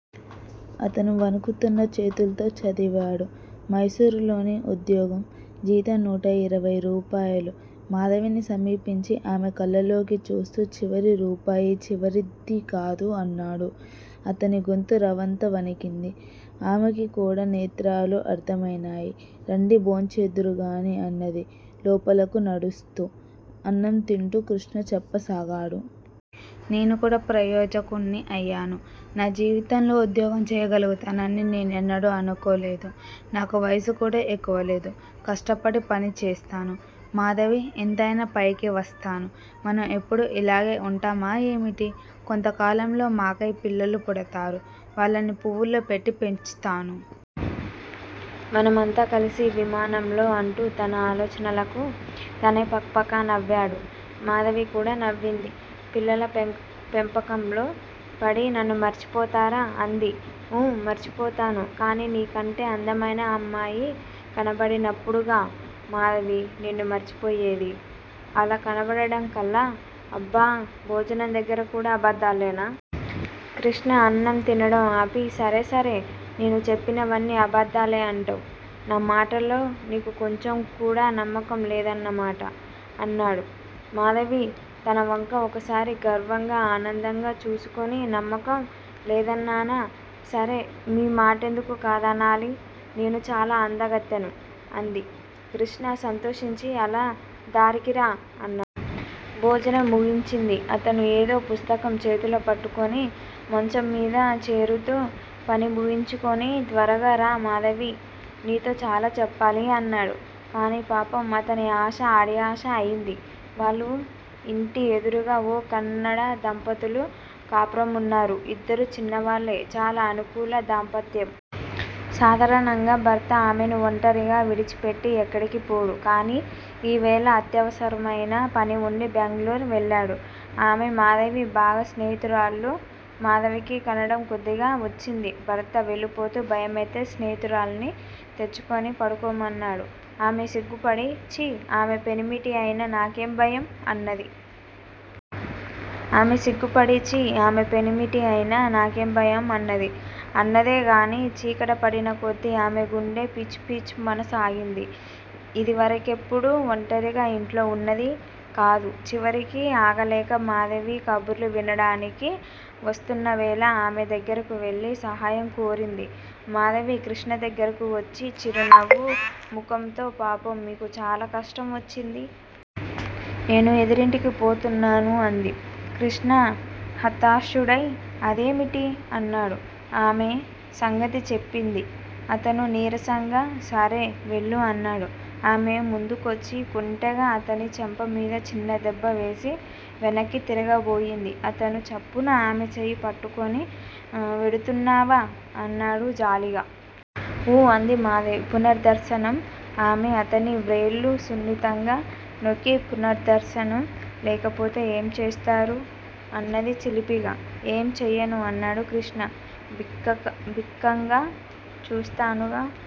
అతను వణుకుతున్న చేతుల్తో చదివాడు. మైసూరులోనే ఉద్యోగం. జీతం నూటయిరవై రూపాయలు. మాధవిని సమీపించి ఆమె కళ్ళలోకి చూస్తూ చివరి రూపాయి చివరిదికాదు అన్నాడు. అతనిగొంతు రవంత వణికింది. ఆమెకికూడా నేత్రాలు ఆర్ద్రమైనాయి. రండి భోంచేద్దురు గాని అన్నది, లోపలకు నడుస్తూ. అన్నం తింటూ కృష్ణ చెప్పసాగాడు. నేనుకూడా ప్రయోజకుడ్ని అయాను. నా జీవితంలో ఉద్యోగం చెయ్యగలుగుతానని నేనెన్నడూ అనుకోలేదు. నాకు వయస్సు కూడా ఎక్కువలేదు. కష్టపడి పని చేస్తాను. మాధవీ! ఎంతయినా పైకి వస్తాను. మనం ఎప్పుడూ యిలాగే వుంటామా ఏమిటి? కొంతకాలంలో మాకై పిల్లలు పుడతారు. వాళ్ళని పువ్వుల్లో పెట్టి పెంచుతాను. మనమంతా కలిసి విమానంలో అంటూ తన ఆలోచనలకు తనే పకపక నవ్వాడు. మాధవికూడా నవ్వింది. పిల్లల పెం పెంపకంలో పడి నన్ను మరచిపోతారా? అంది. ఊ, మరచిపోతాను. కాని నీకంటే అందమైన అమ్మాయి కనబడి నప్పుడుగా మాధవీ నిన్ను మరచిపోయేది. అలా కనబడడం కల్ల! అబ్బ! భోజనందగ్గరకూడా అబద్దాలేనా? కృష్ణ అన్నంతినడం ఆపి సరే సరే, నేను చెప్పేవన్నీ అబద్దాలేఅంటావ్. నామాటల్లో నీకు కొంచెంకూడా నమ్మకం లేదన్నమాట అన్నాడు. మాధవి తనవంక ఒకసారి గర్వంగా, ఆనందంగా చూసుకుని నమ్మకం లేదన్నానా? సరే మీ మాటెందుకు కాదనాలి? నేను చాలా అందగత్తెను అంది. కృష్ణ సంతోషించి అలా దారికిరా అన్నా. భోజనం ముగించింది అతను ఏదో పుస్తకం చేతిలో పట్టుకుని మంచం మీద చేరుతూ పని ముగించుకుని త్వరగా రా మాధవీ! నీతో చాలాచెప్పాలి అన్నాడు. కానీ పాపం అతని ఆశ అడియాశ అయింది. వాళ్లు యింటి ఎదురుగా ఓ కన్నడదంపతులు కాపురమున్నారు. ఇద్దరూ చిన్నవాళ్ళే. చాలా అనుకూల దాంపత్యం. సాధారణంగా భర్త ఆమెను ఒంటరిగా విడిచిపెట్టి ఎక్కడికీ పోడు. కానీ ఈవేళ అత్యవసరమైన పనివుండి బెంగుళూరు వెళ్ళాడు. ఆమె, మాధవీ బాగా స్నేహితురాళ్ళు. మాధవికి కన్నడం కొద్దిగా వచ్చింది. భర్త వెళ్ళిపోతూ భయమైతే స్నేహితురాల్ని తెచ్చుకుని పడుకోమన్నాడు. ఆమె సిగ్గుపడి, ఛీ, ఆమె పెనిమిటి అయినా నాకేం భయం అన్నది. ఆమె సిగ్గుపడి, ఛీ ఆమె పెనిమిటి అయినా నాకేం భయం అన్నది. అన్నదేగానీ చీకటిపడినకొద్దీ ఆమె గుండె పీచుపీచుమనసాగింది. ఇదివరకెప్పుడూ ఒంటరిగా యింట్లో వున్నదికాదు. చివరికి ఆగలేక మాధవి కబుర్లు వినడానికి వస్తున్నవేళ ఆమె దగ్గరకు వెళ్ళి సహాయం కోరింది. మాధవి కృష్ణదగ్గరకు వచ్చి చిరునవ్వు ముఖంతో పాపం మీకు చాలా కష్టం వచ్చింది. నేను ఎదురింటికీ పోతున్నాను అంది. కృష్ణ హతాశుడై అదేమిటి? అన్నాడు. ఆమె సంగతి చెప్పింది. అతను నీరసంగా సరే, వెళ్ళు అన్నాడు. ఆమె ముందుకొచ్చి కొంటెగా అతని చెంపమీద చిన్న దెబ్బవేసి వెనక్కి తిరగబోయింది. అతను చప్పున ఆమె చెయ్యి పట్టుకుని వెడుతున్నావా? అన్నాడు జాలిగా. ఊ అంది మాధవి. పునద్దర్సనం? ఆమె అతని వ్రేళ్ళు సున్నితంగా నొక్కి పునద్దర్సనం లేకపోతే ఏం చేస్తారు? అన్నది చిలిపిగా. ఏమీ చెయ్యను అన్నాడు కృష్ణ బిక్కక బికంగా. చూస్తానుగా